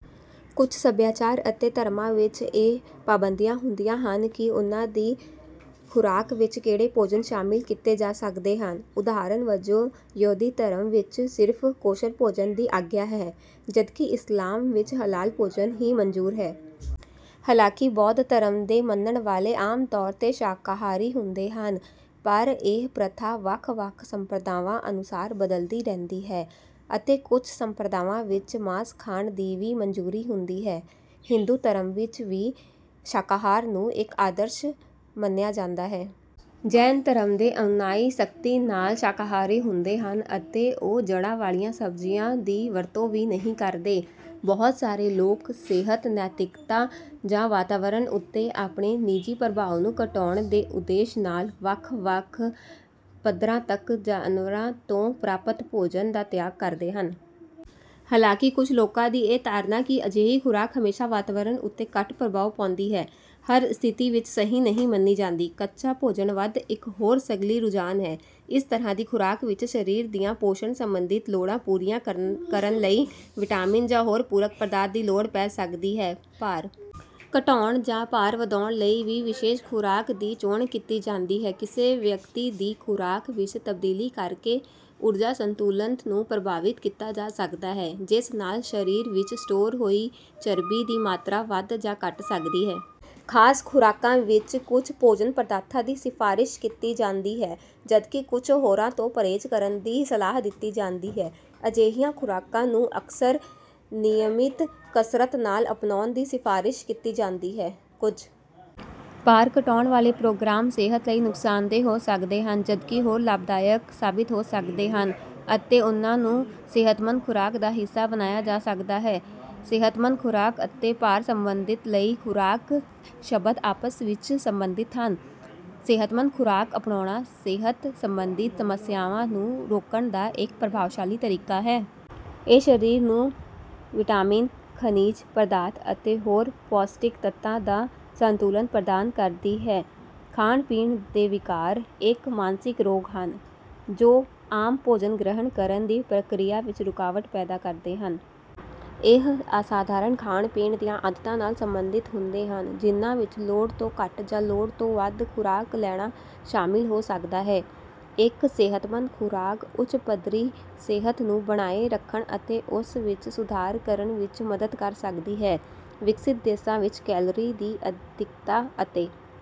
ਕੁਝ ਸਭਿਆਚਾਰਾਂ ਅਤੇ ਧਰਮਾਂ ਵਿੱਚ ਇਹ ਪਾਬੰਦੀਆਂ ਹੁੰਦੀਆਂ ਹਨ ਕਿ ਉਨ੍ਹਾਂ ਦੀ ਖੁਰਾਕ ਵਿੱਚ ਕਿਹੜੇ ਭੋਜਨ ਸ਼ਾਮਲ ਕੀਤੇ ਜਾ ਸਕਦੇ ਹਨ। ਉਦਾਹਰਨ ਵਜੋਂ, ਯਹੂਦੀ ਧਰਮ ਵਿੱਚ ਸਿਰਫ਼ ਕੋਸ਼ਰ ਭੋਜਨ ਦੀ ਆਗਿਆ ਹੈ, ਜਦਕਿ ਇਸਲਾਮ ਵਿੱਚ ਹਲਾਲ ਭੋਜਨ ਹੀ ਮਨਜ਼ੂਰ ਹੈ। ਹਾਲਾਂਕਿ ਬੌਧ ਧਰਮ ਦੇ ਮੰਨਣ ਵਾਲੇ ਆਮ ਤੌਰ ’ਤੇ ਸ਼ਾਕਾਹਾਰੀ ਹੁੰਦੇ ਹਨ, ਪਰ ਇਹ ਪ੍ਰਥਾ ਵੱਖ-ਵੱਖ ਸੰਪਰਦਾਵਾਂ ਅਨੁਸਾਰ ਬਦਲਦੀ ਰਹਿੰਦੀ ਹੈ ਅਤੇ ਕੁਝ ਸੰਪਰਦਾਵਾਂ ਵਿੱਚ ਮਾਸ ਖਾਣ ਦੀ ਵੀ ਮਨਜ਼ੂਰੀ ਹੁੰਦੀ ਹੈ। ਹਿੰਦੂ ਧਰਮ ਵਿੱਚ ਵੀ ਸ਼ਾਕਾਹਾਰ ਨੂੰ ਇੱਕ ਆਦਰਸ਼ ਮੰਨਿਆ ਜਾਂਦਾ ਹੈ। ਜੈਨ ਧਰਮ ਦੇ ਅਨੁਯਾਈ ਸਖ਼ਤੀ ਨਾਲ ਸ਼ਾਕਾਹਾਰੀ ਹੁੰਦੇ ਹਨ ਅਤੇ ਉਹ ਜੜ੍ਹਾਂ ਵਾਲੀਆਂ ਸਬਜ਼ੀਆਂ ਦੀ ਵਰਤੋਂ ਵੀ ਨਹੀਂ ਕਰਦੇ। ਬਹੁਤ ਸਾਰੇ ਲੋਕ ਸਿਹਤ, ਨੈਤਿਕਤਾ ਜਾਂ ਵਾਤਾਵਰਣ ਉੱਤੇ ਆਪਣੇ ਨਿੱਜੀ ਪ੍ਰਭਾਵ ਨੂੰ ਘਟਾਉਣ ਦੇ ਉਦੇਸ਼ ਨਾਲ ਵੱਖ-ਵੱਖ ਪੱਧਰਾਂ ਤੱਕ ਜਾਨਵਰਾਂ ਤੋਂ ਪ੍ਰਾਪਤ ਭੋਜਨ ਦਾ ਤਿਆਗ ਕਰਦੇ ਹਨ। ਹਾਲਾਂਕਿ, ਕੁਝ ਲੋਕਾਂ ਦੀ ਇਹ ਧਾਰਨਾ ਕਿ ਅਜਿਹੀ ਖੁਰਾਕ ਹਮੇਸ਼ਾਂ ਵਾਤਾਵਰਣ ਉੱਤੇ ਘੱਟ ਪ੍ਰਭਾਵ ਪਾਂਦੀ ਹੈ, ਹਰ ਸਥਿਤੀ ਵਿੱਚ ਸਹੀ ਨਹੀਂ ਮੰਨੀ ਜਾਂਦੀ। ਕੱਚਾ ਭੋਜਨਵਾਦ ਇੱਕ ਹੋਰ ਸਮਕਾਲੀ ਰੁਝਾਨ ਹੈ। ਇਸ ਤਰ੍ਹਾਂ ਦੀ ਖੁਰਾਕ ਵਿੱਚ ਸਰੀਰ ਦੀਆਂ ਪੋਸ਼ਣ ਸੰਬੰਧੀ ਲੋੜਾਂ ਪੂਰੀਆਂ ਕਰਨ ਲਈ ਵਿਟਾਮਿਨਾਂ ਜਾਂ ਹੋਰ ਪੂਰਕ ਪਦਾਰਥਾਂ ਦੀ ਲੋੜ ਪੈ ਸਕਦੀ ਹੈ। ਭਾਰ ਘਟਾਉਣ ਜਾਂ ਭਾਰ ਵਧਾਉਣ ਲਈ ਵੀ ਵਿਸ਼ੇਸ਼ ਖੁਰਾਕਾਂ ਦੀ ਚੋਣ ਕੀਤੀ ਜਾਂਦੀ ਹੈ। ਕਿਸੇ ਵਿਅਕਤੀ ਦੀ ਖੁਰਾਕ ਵਿੱਚ ਤਬਦੀਲੀ ਕਰਕੇ ਊਰਜਾ ਸੰਤੁਲਨ ਨੂੰ ਪ੍ਰਭਾਵਿਤ ਕੀਤਾ ਜਾ ਸਕਦਾ ਹੈ, ਜਿਸ ਨਾਲ ਸਰੀਰ ਵਿੱਚ ਸਟੋਰ ਹੋਈ ਚਰਬੀ ਦੀ ਮਾਤਰਾ ਵਧ ਜਾਂ ਘਟ ਸਕਦੀ ਹੈ। ਖ਼ਾਸ ਖੁਰਾਕਾਂ ਵਿੱਚ ਕੁਝ ਭੋਜਨ ਪਦਾਰਥਾਂ ਦੀ ਸਿਫ਼ਾਰਸ਼ ਕੀਤੀ ਜਾਂਦੀ ਹੈ, ਜਦਕਿ ਕੁਝ ਹੋਰਾਂ ਤੋਂ ਪਰਹੇਜ਼ ਕਰਨ ਦੀ ਸਲਾਹ ਦਿੱਤੀ ਜਾਂਦੀ ਹੈ। ਅਜਿਹੀਆਂ ਖੁਰਾਕਾਂ ਨੂੰ ਅਕਸਰ ਨਿਯਮਿਤ ਕਸਰਤ ਨਾਲ ਅਪਣਾਉਣ ਦੀ ਸਿਫ਼ਾਰਸ਼ ਕੀਤੀ ਜਾਂਦੀ ਹੈ। ਕੁਝ ਭਾਰ ਘਟਾਉਣ ਵਾਲੇ ਪ੍ਰੋਗਰਾਮ ਸਿਹਤ ਲਈ ਨੁਕਸਾਨਦੇਹ ਹੋ ਸਕਦੇ ਹਨ, ਜਦਕਿ ਹੋਰ ਲਾਭਦਾਇਕ ਸਾਬਤ ਹੋ ਸਕਦੇ ਹਨ ਅਤੇ ਉਨ੍ਹਾਂ ਨੂੰ ਸਿਹਤਮੰਦ ਖੁਰਾਕ ਦਾ ਹਿੱਸਾ ਬਣਾਇਆ ਜਾ ਸਕਦਾ ਹੈ। “ਸਿਹਤਮੰਦ ਖੁਰਾਕ” ਅਤੇ “ਭਾਰ ਪ੍ਰਬੰਧਨ ਲਈ ਖੁਰਾਕ” ਸ਼ਬਦ ਆਪਸ ਵਿੱਚ ਸੰਬੰਧਿਤ ਹਨ, ਸਿਹਤਮੰਦ ਖੁਰਾਕ ਅਪਣਾਉਣਾ ਸਿਹਤ ਸੰਬੰਧੀ ਸਮੱਸਿਆਵਾਂ ਨੂੰ ਰੋਕਣ ਦਾ ਇੱਕ ਪ੍ਰਭਾਵਸ਼ਾਲੀ ਤਰੀਕਾ ਹੈ। ਇਹ ਸਰੀਰ ਨੂੰ ਵਿਟਾਮਿਨਾਂ, ਖਣਿਜ ਪਦਾਰਥਾਂ ਅਤੇ ਹੋਰ ਪੌਸ਼ਟਿਕ ਤੱਤਾਂ ਦਾ ਸੰਤੁਲਿਤ ਪੋਸ਼ਣ ਪ੍ਰਦਾਨ ਕਰਦੀ ਹੈ। ਖਾਣ-ਪੀਣ ਦੇ ਵਿਕਾਰ। ਇੱਕ ਮਾਨਸਿਕ ਰੋਗ ਹਨ, ਜੋ ਆਮ ਭੋਜਨ ਗ੍ਰਹਿਣ ਕਰਨ ਦੀ ਪ੍ਰਕਿਰਿਆ ਵਿੱਚ ਰੁਕਾਵਟ ਪੈਦਾ ਕਰਦੇ ਹਨ। ਇਹ ਅਸਧਾਰਣ ਖਾਣ-ਪੀਣ ਦੀਆਂ ਆਦਤਾਂ ਨਾਲ ਸੰਬੰਧਿਤ ਹੁੰਦੇ ਹਨ, ਜਿਨ੍ਹਾਂ ਵਿੱਚ ਲੋੜ ਤੋਂ ਘੱਟ ਜਾਂ ਲੋੜ ਤੋਂ ਵੱਧ ਖੁਰਾਕ ਲੈਣਾ ਸ਼ਾਮਲ ਹੋ ਸਕਦਾ ਹੈ। ਇੱਕ ਸਿਹਤਮੰਦ ਖੁਰਾਕ ਉੱਚ ਪੱਧਰੀ ਸਿਹਤ ਨੂੰ ਬਣਾਈ ਰੱਖਣ ਅਤੇ ਉਸ ਵਿੱਚ ਸੁਧਾਰ ਕਰਨ ਵਿੱਚ ਮਦਦ ਕਰ ਸਕਦੀ ਹੈ। ਵਿਕਸਤ ਦੇਸ਼ਾਂ ਵਿੱਚ, ਕੈਲੋਰੀਆਂ ਦੀ ਅਧਿਕਤਾ ਅਤੇ…